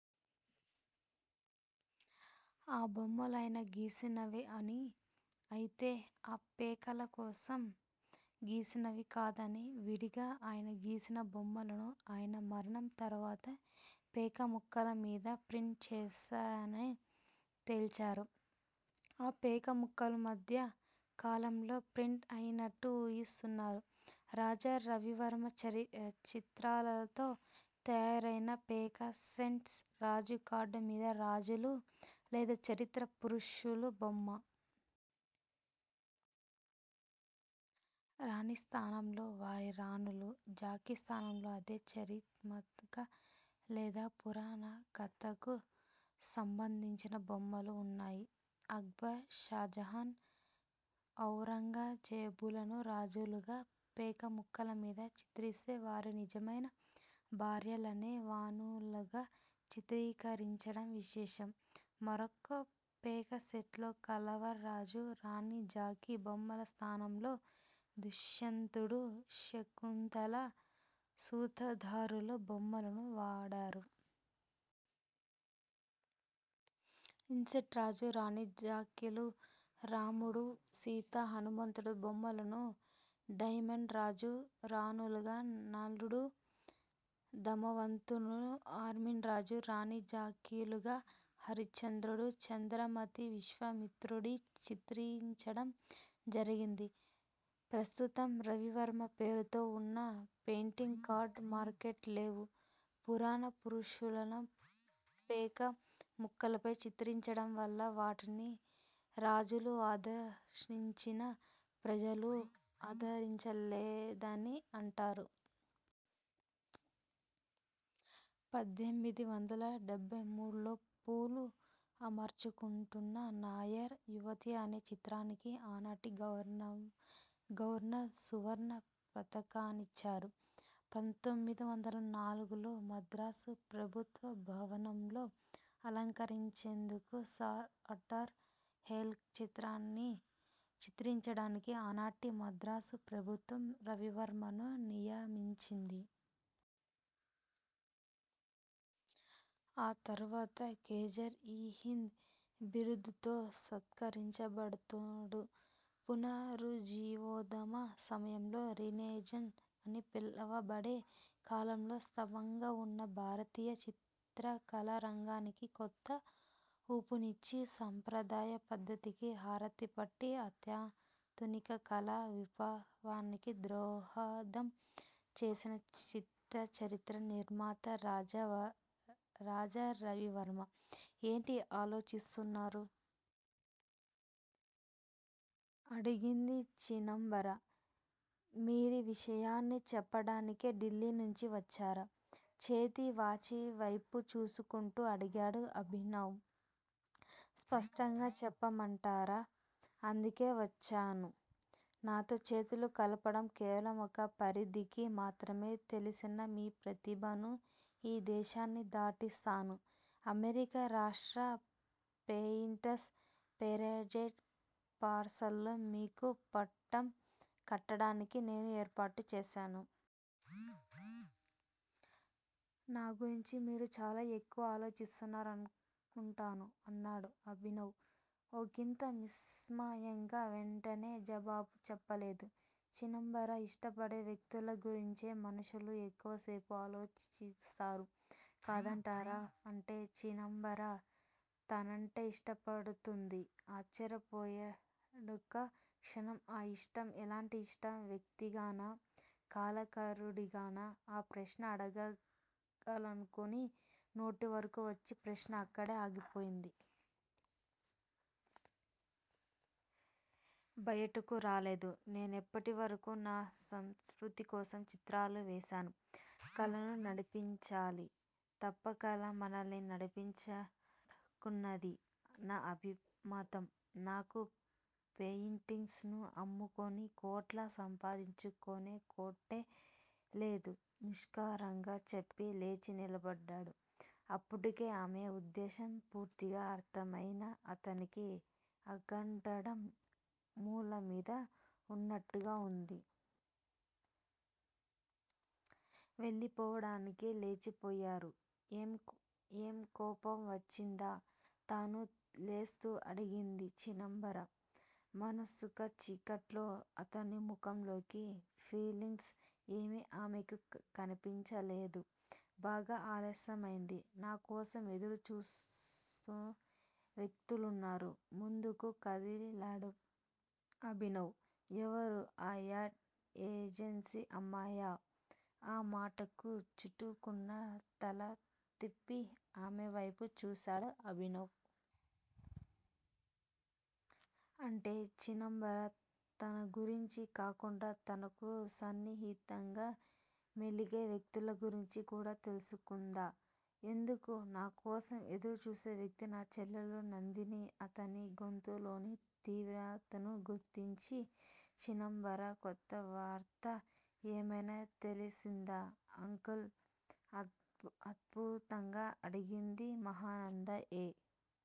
ఆ బొమ్మలు ఆయన గీసినవే అని, అయితే అవి పేకల కోసం గీసినవి కాదని, విడిగా ఆయన గీసిన బొమ్మలను ఆయన మరణం తరువాత పేకముక్కలమీద ప్రింట్ చేశారని తేల్చారు. ఆ పేకముక్కలు మధ్య కాలంలో ప్రింట్ అయినట్టు ఊహిస్తున్నారు. రాజా రవివర్మ చిత్రాలతో తయారైన పేక సెట్స్లో రాజు కార్డు మీద రాజులు, లేదా చరిత్ర పురుషుల బొమ్మ. రాణిస్థానంలో వారి రాణులు, జాకీ స్థానంలో అదే చారిత్రాత్మక, లేదా పురాణగాథకు సంబంధించిన బొమ్మలు వున్నాయి. అక్బర్, షాజహాన్, ఔరంగజేబులను రాజులుగా పేకముక్కలమీద చిత్రిస్తే వారి నిజమైన భార్యలనే రాణులుగా చిత్రీకరించడం విశేషం. మరొక పేక సెట్ లో కళావర్ రాజు, రాణి, జాకీ బొమ్మల స్థానంలో దుష్యంతుడు, శకుంతల సూత్రధారుల బొమ్మలను వాడారు. ఇస్పేట్ రాజు, రాణి, జాకీలుగా రాముడు, సీత, హనుమంతుడు బొమ్మలను, డైమన్ రాజు, రాణులుగా నలుడు, దమయంతిలను, అఠీన్ రాజు, రాణి జాకీలుగా హరిశ్చంద్రుడు, చంద్రమతి, విశ్వామిత్రుడ్ని చిత్రించడం జరిగింది. ప్రస్తుతం రవివర్మ పేరుతో వున్న ప్లేయింగ్ కార్డు మార్కెట్లో లేవు. పురాణ పురుషుల్ని పేకముక్కలపై చిత్రించడం వల్ల వాటిని రాజులు ఆదరించినా, ప్రజలు ఆదరించలేదని అంటారు. పద్దెనిమిది వందల డెబ్భై మూడు లో పూలు అమర్చుకొంటున్న నాయర్ యువతి అనే చిత్రానికి ఆనాటి గవర్నర్ సువర్ణ పతాకాన్నిచ్చారు. పంతోమిది వందల నాలుగు లో మద్రాసు ప్రభుత్వ భవనంలో అలంకరించేందుకు సర్ ఆర్థర్ హెలాక్ చిత్రాన్ని చిత్రించడానికి ఆనాటి మద్రాసు ప్రభుత్వం రవివర్మను నియమించింది. ఆ తర్వాత కైజర్- ఇ- హింద్ బిరుదుతో సత్కరించబడ్డాడతను. పునరుజ్జీవోద్యమ సమయంలో రినైజాన్స్ అని పిలవబడే కాలంలో స్తబంగా వున్న భారతీయ చిత్రకళారంగానికి కొత్త ఊపునిచ్చి సంప్రదాయ పద్ధతికి హారతిపట్టి, అత్యాధునిక కళా విప్లవానికి దోహదం చేసిన చిత్రచరిత్ర నిర్మాత రాజా రవివర్మ. ఏంటి ఆలోచిస్తున్నారు? అడిగింది చీనాంబర. మీరీ విషయాన్ని చెప్పడానికే ఢిల్లీ నుంచి వచ్చారా? చేతి వాచీవేపు చూసుకుంటూ అడిగాడు అభినవ్. స్పష్టంగా చెప్పమంటారా! అందుకే వచ్చాను. నాతో చేతులు కలపండి. కేవలం ఒక పరిధికి మాత్రమే తెల్సిన మీ ప్రతిభను ఈ దేశాన్ని దాటిస్తాను. America, Russia, painters paradise Paris లో మీకు పట్టం కట్టడానికి నేను ఏర్పాట్లు చేస్తాను. నాగురించి మీరు చాలా ఎక్కువ ఆలోచిస్తున్నారనుకుంటాను అన్నాడు అభినవ్ ఒకింత విస్మయంగా. వెంటనే జవాబు చెప్పలేదు చీనాంబర. ఇష్టపడే వ్యక్తుల గురించే మనుషులు ఎక్కువసేపు ఆలోచిస్తారు కాదంటారా? అంటే చీనాంబర తనంటే ఇష్టపడుతోందా? ఆశ్చర్యపోయాడొక్క క్షణం ఆ యిష్టం ఎలాంటి ఇష్టం? వ్యక్తిగానా? కళాకారుడిగానా? ఆ ప్రశ్న అడగాలనుకుని నోటివరకూ వచ్చిన ప్రశ్న అక్కడే ఆగిపోయింది. బయటకు రాలేదు. నేనిప్పటివరకూ నా సంతృప్తి కోసం చిత్రాలు వేశాను. కళను నడిపించాలి తప్ప కల మనల్ని నడిపించకూడదన్నది నా అభిమతం. నాకు పెయింటింగ్స్ ను అమ్ముకుని కోట్లు సంపాదించుకోవాలనే కోర్కె లేదు నిష్కర్షగా చెప్పి లేచి నిలబడ్డాడు. అప్పటికే ఆమె ఉద్దేశ్యం పూర్తిగా అర్థమయిన అతనికి అక్కడుండడం ముళ్ళమీద వున్నట్టుగా వుంది. వెళ్ళిపోడానికి లేచిపోయారు. ఏం కోపం వచ్చిందా? తనూ లేస్తూ అడిగింది చీనాంబర. మసక చీకట్లో అతని ముఖంలోని ఫీలింగ్స్ ఏవీ ఆమెకు కనిపించలేదు. బాగా ఆలస్యమైంది. నా కోసం ఎదురుచూసే వ్యక్తులున్నారు ముందుకు కదిలాడు అభినవ్. ఎవరు? ఆ యాడ్ ఏజెన్సీ అమ్మాయా? ఆ మాటకు చటుక్కున తలతిప్పి ఆమె వేపు చూశాడు అభినవ్. అంటే చీనాంబర తన గురించే కాకుండా తనకు సన్నిహితంగా మెలిగే వ్యక్తుల గురించి కూడా తెలుసుకుందా? ఎందుకు? నా కోసం ఎదురుచూసే వ్యక్తి నా చెల్లెలు నందిని అతని గొంతులోని తీవ్రతను గుర్తించింది చీనాంబర. కొత్త వార్త ఏమయినా తెలిసిందా అంకుల్? ఆతృతగా అడిగింది మహానంద. ఏ